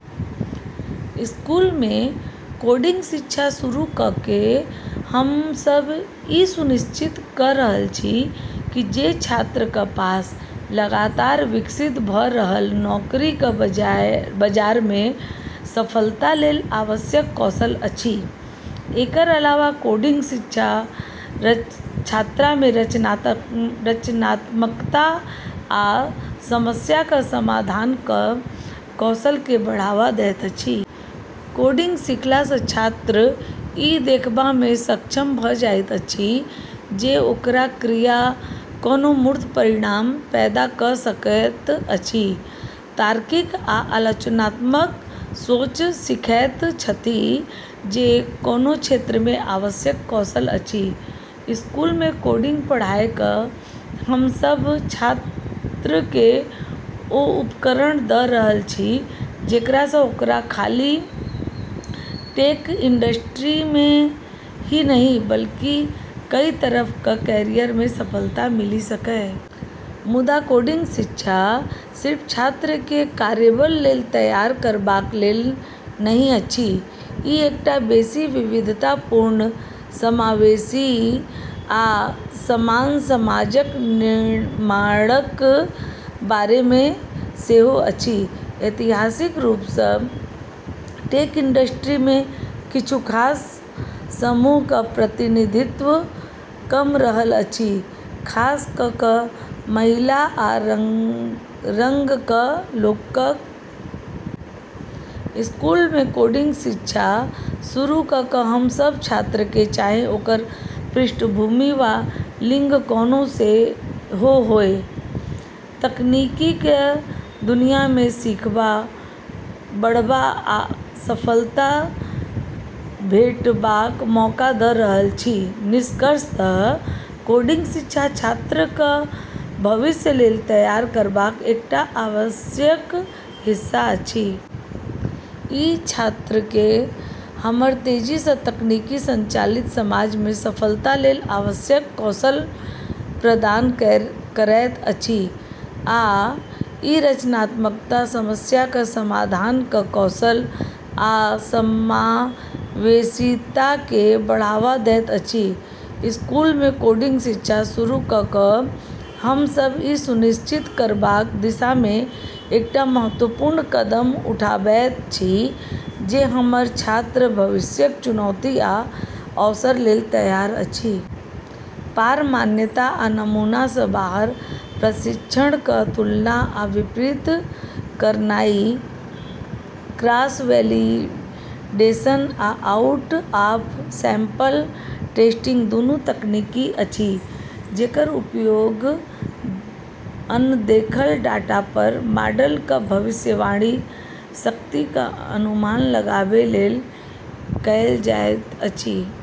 स्कूलमे कोडिंग शिक्षा शुरू क’ क’ हम सभ ई सुनिश्चित क’ रहल छी जे छात्रक पास लगातार विकसित भ’ रहल नौकरीक बाजारमे सफलता लेल आवश्यक कौशल अछि। एकर अलावा कोडिंग शिक्षा छात्रमे रचनात्मकता आ समस्याक समाधानक कौशलकेँ बढ़ावा दैत अछि। कोडिंग सीखला सँ छात्र ई देखबामे सक्षम भ’ जाइत अछि जे ओकर क्रिया कोना मूर्त परिणाम पैदा क’ सकैत अछि। तार्किक आ आलोचनात्मक सोच सीखैत छथि जे कोनो क्षेत्रमे आवश्यक कौशल अछि। स्कूलमे कोडिंग पढ़ाय क’ हम सभ छात्रकेँ ओ उपकरण द’ रहल छी जेकरा सँ ओकरा खाली टेक इंडस्ट्रीमे ही नहि, बल्कि कई तरहक कैरियरमे सफलता मिलि सकय। मुदा कोडिंग शिक्षा सिर्फ छात्रकेँ कार्यबल लेल तैयार करबाक लेल नहि अछि। ई एकटा बेसि विविधतापूर्ण, समावेशी, आ समान समाजक निर्माणक बारेमे सेहो अछि। ऐतिहासिक रूप सँ टेक इंडस्ट्रीमे किछु खास समूहक प्रतिनिधित्व कम रहल अछि, खास क’ क’ महिला आ रंगक लोकक। स्कूलमे कोडिंग शिक्षा शुरू क’ क’ हम सभ सभ छात्रकेँ, चाहे ओकर पृष्ठभूमि वा लिंग कोनो सेहो होय, तकनीकक दुनियामे सीखबा, बढ़बा आ सफलता भेटबाक मौका द’ रहल छी। निष्कर्षतः कोडिंग शिक्षा छात्रक भविष्य लेल तैयार करबाक एकटा आवश्यक हिस्सा अछि। ई छात्रकेँ हमर तेजी सँ तकनीक संचालित समाजमे सफलता लेल आवश्यक कौशल प्रदान करैत अछि, आ ई रचनात्मकता, समस्याक समाधानक कौशल, आ समावेशीताकेँ बढ़ावा दैत अछि। स्कूलमे कोडिंग शिक्षा शुरू क’ क’ हम सभ ई सुनिश्चित करबाक दिशामे एकटा महत्वपूर्ण कदम उठाबैत छी जे हमर छात्र भविष्यक चुनौती आ अवसर लेल तैयार अछि। पार-मान्यता आ नमूना सँ बाहर परीक्षणक तुलना आ विपरीत करनाइ। क्रॉस-वैलिडेशन आ आउट-ऑफ-सैंपल टेस्टिंग दुनू तकनीक अछि जेकर उपयोग अनदेखल डाटा पर मॉडलक भविष्यवाणी शक्तिक अनुमान लगाबै लेल कएल जाइत अछि।